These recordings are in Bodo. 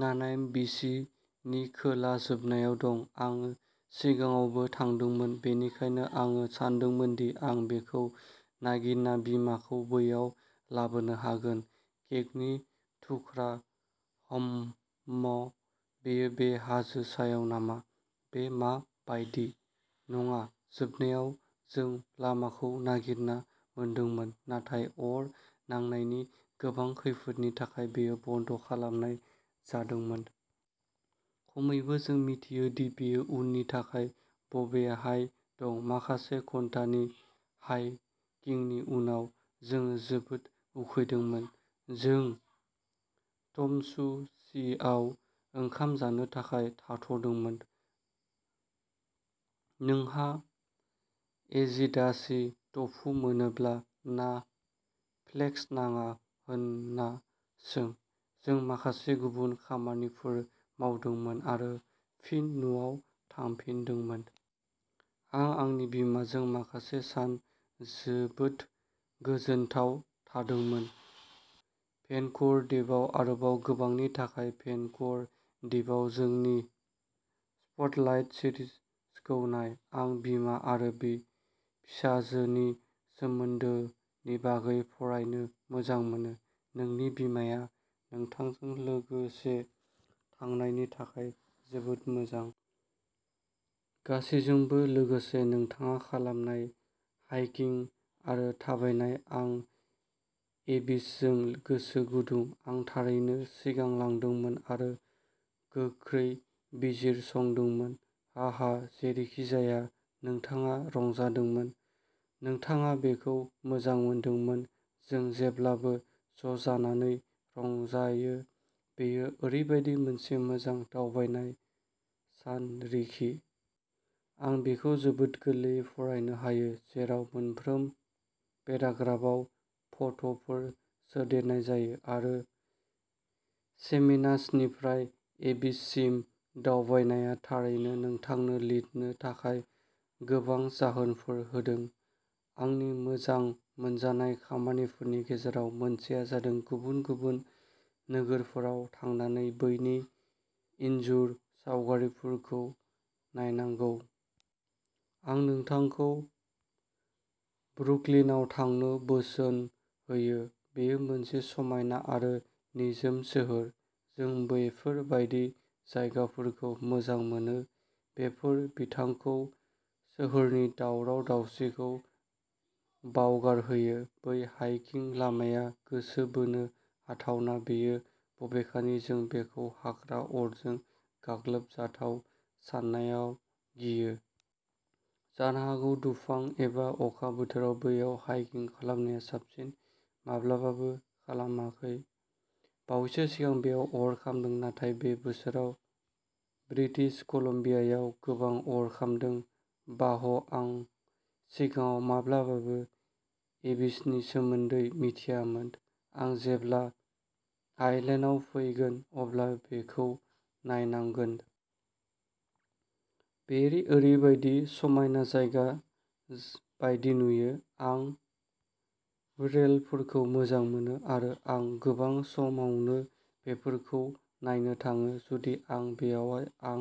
नानाइम'बि सि नि खोला जोबनायाव दं। आं सिगाङावबो थांदोंमोन, बेनिखायनो आं सानदोंमोन दि आं बेखौ नागिरना बिमाखौ बैयाव लाबोनो हागोन। केकनि थुख्रा। हम्म, बेयो बे हाजो सायाव नामा? बे मा बायदि? नङा जोबनायाव जों लामाखौ नागिरना मोनदोंमोन, नाथाय अर नांनायनि गोबां खैफोदनि थाखाय बेखौ बन्द खालामनाय जादोंमोन। खमैबो जों मिथियो दि बेयो उननि थाखाय बबेहाय दं। माखासे घन्टानि हाइकिंनि उनाव, जों जोबोद उखैदोंमोन। जों ट'म'सुशिआव ओंखाम जानो थाखाय थाथ'दोंमोन। नोंहा एजेदाशि ट'फु मोनोब्ला ना फ्लेक्स नाङा होनना सों। जों माखासे गुबुन खामानिफोर मावदोंमोन आरो फिन न'आव थांफिनदोंमोन। आं आंनि बिमाजों माखासे सान जोबोद गोजोनथाव थादोंमोन। भेनकुवर दिपआव आरोबाव गोबांनि थाखाय भेनकुवर दिपआव जोंनि स्पटलाइट सिरिजखौ नाय। आं बिमा आरो बि फिसाजोनि सोमोन्दोनि बागै फरायनो मोजां मोनो। नोंनि बिमाया नोंथांजों लोगोसे थांनायनि थाखाय जोबोद मोजां। गासिबोजों लोगोसे। नोंथाङा खालामनाय हाइकिं आरो थाबायनाय आं एबिसजों गोसो गुदुं। आं थारैनो सिगांलांदोंमोन आरो गोख्रै बिजिरसंदोंमोन। हाहा जेरैखिजाया, नोंथाङा रंजादोंमोन! नोंथाङा बेखौ मोजां मोनदोंमोन! जों जेब्लाबो ज'जानानै रंजायो। बेयो ओरैबायदि मोनसे मोजां दावबायनाय सानरिखि। आं बेखौ जोबोद गोरलैयै फरायनो हायो, जेराव मोनफ्रोम पेराग्राफआव फट'फोर सोदेरनाय जायो। आरो चेमेनासनिफ्राय एबिस सिम दावबायनाया थारैनो नोंथांनो लिरनो थाखाय गोबां जाहोनफोर होदों। आंनि मोजां मोनजानाय खामानिफोरनि गेजेराव मोनसेआ जादों गुबुन-गुबुन नोगोरफोराव थांनानै बैनि इनजुर सावगारिफोरखौ नायनांगौ। आं नोंथांखौ ब्रुकलिनआव थांनो बोसोन होयो, बेयो मोनसे समायना आरो निजोम सोहोर। जों बेफोर बायदि जायगाफोरखौ मोजां मोनो बेफोर नोंथांखौ सोहोरनि दावराव-दावसिखौ बावगारहोयो। बै हाइकिं लामाया गोसो बोनो हाथावना नुयो, बबेखानि जों बेखौ हाग्रा अरजों गाग्लोबजाथाव साननायाव गियो। जानो हागौ दुफां एबा अखा बोथोराव बैयाव हाइकिं खालामनाया साबसिन। माब्लाबाबो खालामाखै। बावैसो सिगां बैयाव अर खामदों, नाथाय बे बोसोराव ब्रिटिश कलम्बियायाव गोबां अर खामदों। बाह, आं सिगाङाव माब्लाबाबो एबिसनि सोमोन्दै मिथियामोन। आं जेब्ला आइलेन्डआव फैगोन अब्ला बेखौ नायनांगोन। बेयो ओरैबायदि समायना जायगा बायदि नुयो। आं म्युरेलफोरखौ मोजां मोनो आरो आं गोबां समावनो बेफोरखौ नायनो थाङो, जुदि आं बेयाव आं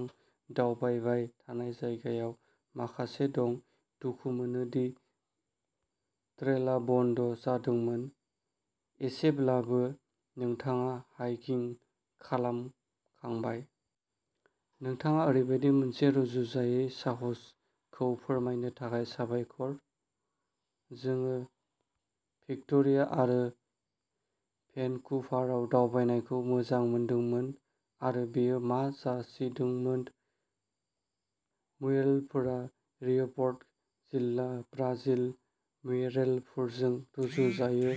दावबायबाय थानाय जायगायाव माखासे दं। दुखु मोनो दि ट्रेलआ बन्द जादोंमोन, एसेब्लाबो नोंथाङा हाइकिं खालामखांबाय। नोंथांनो ओरैबायदि मोनसे रुजुजायै साहसखौ फोरमायनो थाखाय साबायखर। जों भिक्ट'रिया आरो भेनकुभाराव दावबायनायखौ मोजां मोनदोंमोन आरो बेयो मा जासिदोंमोन। म्युरेलफोरा रिय'पर्ट जिल्ला ब्राजिल म्युरेलफोरजों रुजुजायो,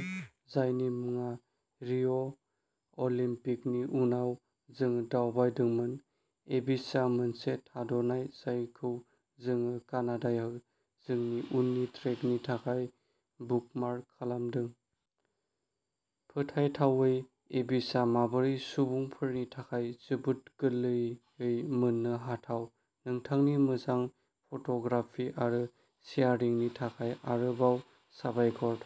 जायनि मुङा रिय'अलिम्पिकनि उनाव जों दावबायदोंमोन। एबिसआ मोनसे थाद'नाय जायखौ जों कानाडायाव जोंनि उननि ट्रेकनि थाखाय बुकमार्क खालामदों। फोथायथावै एबिसआ माबोरै सुबुंफोरनि थाखाय जोबोद गोरलैयै मोननो हाथाव। नोंथांनि मोजां फट'ग्राफि आरो शेयारिंनि थाखाय आरोबाव साबायखर।